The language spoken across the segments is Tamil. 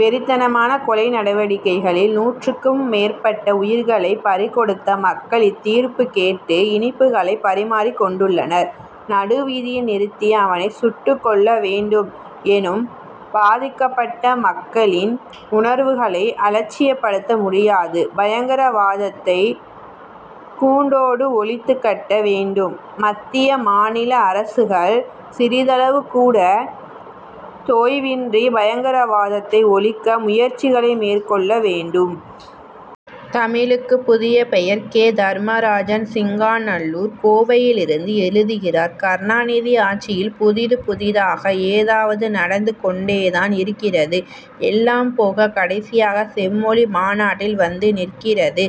வெறித்தனமான கொலை நடவடிக்கைகளில் நூற்றுக்கும் மேற்பட்ட உயிர்களைப் பறி கொடுத்த மக்கள் இத்தீர்ப்புக் கேட்டு இனிப்புகளை பரிமாறிக் கொண்டுள்ளனர். நடுவீதியில் நிறுத்தி அவனைச் சுட்டுக்கொல்ல வேண்டும் எனும் பாதிக்கப்பட்ட மக்களின் உணர்வுகளை அலட்சியப்படுத்த முடியாது. பயங்கரவாதத்தை கூண்டோடு ஒழித்துக் கட்ட வேண்டும். மத்திய மாநில அரசுகள் சிறிதளவுகூட தொய்வின்றி பயங்கரவாதத்தை ஒழிக்க முயற்சிகளை மேற்கொள்ள வேண்டும். தமிழுக்குப் புதிய பெயர் கே. தர்மராஜன் சிங்காநல்லூர் கோவையிலிருந்து எழுதுகிறார் கருணாநிதி ஆட்சியில் புதிது புதிதாக ஏதாவது நடந்து கொண்டே தான் இருக்கிறது. எல்லாம் போக கடைசியாக செம்மொழி மாநாட்டில் வந்து நிற்கிறது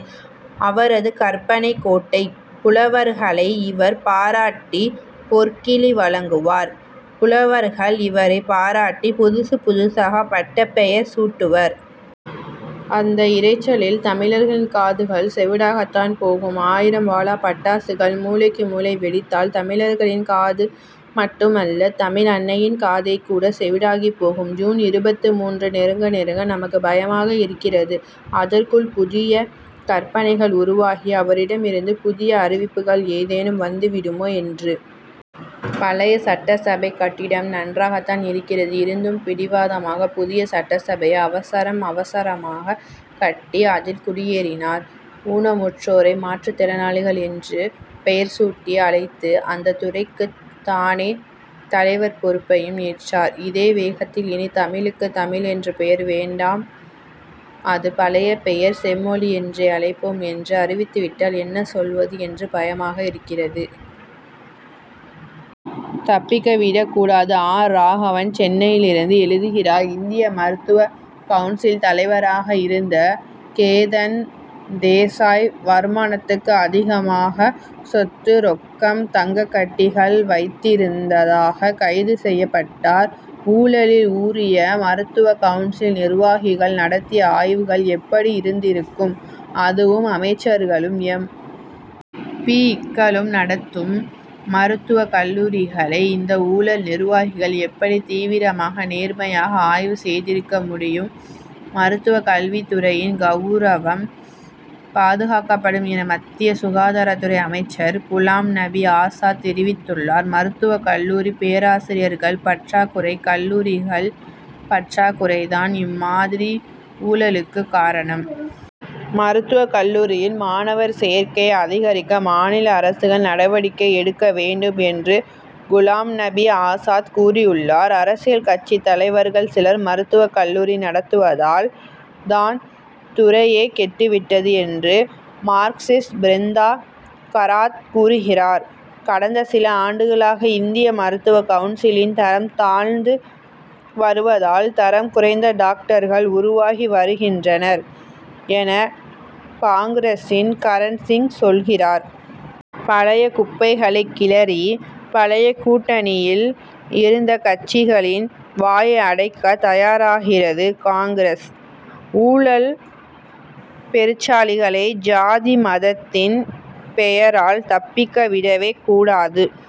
அவரது கற்பனைக் கோட்டை. புலவர்களை இவர் பாராட்டி பொற்கிழி வழங்குவார். புலவர்கள் இவரைப் பாராட்டி புதுசு புதுசாக பட்டப் பெயர் சூட்டுவர். அந்த இரைச்சலில் தமிழர்களின் காதுகள் செவிடாகத்தான் போகும். ஆயிரம் வாலா பட்டாசுகள் மூலைக்கு மூலை வெடித்தால் தமிழர்களின் காது மட்டுமல்ல தமிழ் அன்னையின் காதே கூட செவிடாகிப்போகும். ஜூன் இருபத்து மூன்று நெருங்க நெருங்க நமக்கு பயமாக இருக்கிறது. அதற்குள் புதிய கற்பனைகள் உருவாகி அவரிடமிருந்து புதிய அறிவிப்புகள் ஏதேனும் வந்து விடுமோ என்று. பழைய சட்டசபைக் கட்டிடம் நன்றாகதான் இருக்கிறது. இருந்தும் பிடிவாதமாக புதிய சட்டசபையை அவசரம் அவசரமாகக் கட்டி அதில் குடியேறினார். ஊனமுற்றோரை மாற்றுத் திறனாளிகள் என்று புதிய பெயர் சூட்டி அழைத்து அந்த துறைக்கு தானே தலைவர் பொறுப்பையும் ஏற்றார். இதே வேகத்தில் இனி தமிழுக்கு தமிழ் என்று பெயர் வேண்டாம் அது பழைய பெயர் செம்மொழி என்றே அழைப்போம் என்று அறிவித்துவிட்டால் என்ன சொல்வது என்று பயமாக இருக்கிறது. தப்பிக்க விடக் கூடாது ஆர். ராகவன் சென்னை யிலிருந்து எழுதுகிறார் இந்திய மருத்துவக் கவுன்சில் தலைவராக இருந்த கேதன் தேசாய் வருமானத்துக்கு அதிகமாக சொத்து ரொக்கம் தங்கக்கட்டிகள் வைத்திருந்ததாக கைது செய்யப்பட்டார். ஊழலில் ஊறிய மருத்துவக் கவுன்சில் நிர்வாகிகள் நடத்திய ஆய்வுகள் எப்படி இருந்திருக்கும். அதுவும் அமைச்சர்களும் எம். பி.க்களும் நடத்தும் மருத்துவக் கல்லூரிகளை இந்த ஊழல் நிர்வாகிகள் எப்படி தீவிரமாக நேர்மையாக ஆய்வு செய்திருக்க முடியும். மருத்துவக் கல்வித்துறையின் கவுரவம் பாதுகாக்கப்படும் என மத்திய சுகாதாரத்துறை அமைச்சர் குலாம் நபி ஆசாத் தெரிவித்துள்ளார். மருத்துவக் கல்லூரி பேராசிரியர்கள் பற்றாக்குறை கல்லூரிகள் பற்றாக்குறை தான் இம்மாதிரி ஊழலுக்கு காரணம். மருத்துவக் கல்லூரியில் மாணவர் சேர்க்கையை அதிகரிக்க மாநில அரசுகள் நடவடிக்கை எடுக்க வேண்டும் என்றும் குலாம் நபி ஆசாத் கூறியுள்ளார். அரசியல் கட்சித் தலைவர்கள் சிலர் மருத்துவக் கல்லூரி நடத்துவதால் தான் துறையே கெட்டு விட்டது என்று மார்க்சிஸ்ட் பிருந்தா கராத் கூறுகிறார். கடந்த சில ஆண்டுகளாக இந்திய மருத்துவக் கவுன்சிலின் தரம் தாழ்ந்து வருவதால் தரம் குறைந்த டாக்டர்கள் உருவாகி வருகின்றனர் என காங்கிரசின் கரண்சிங் சொல்கிறார். பழைய குப்பைகளைக் கிளறி பழைய கூட்டணியில் இருந்த கட்சிகளின் வாயை அடைக்க தயாராகிறது காங்கிரஸ். ஊழல் பெருச்சாளிகளை ஜாதி மதத்தின் பேரால் தப்பிக்க விடவே கூடாது.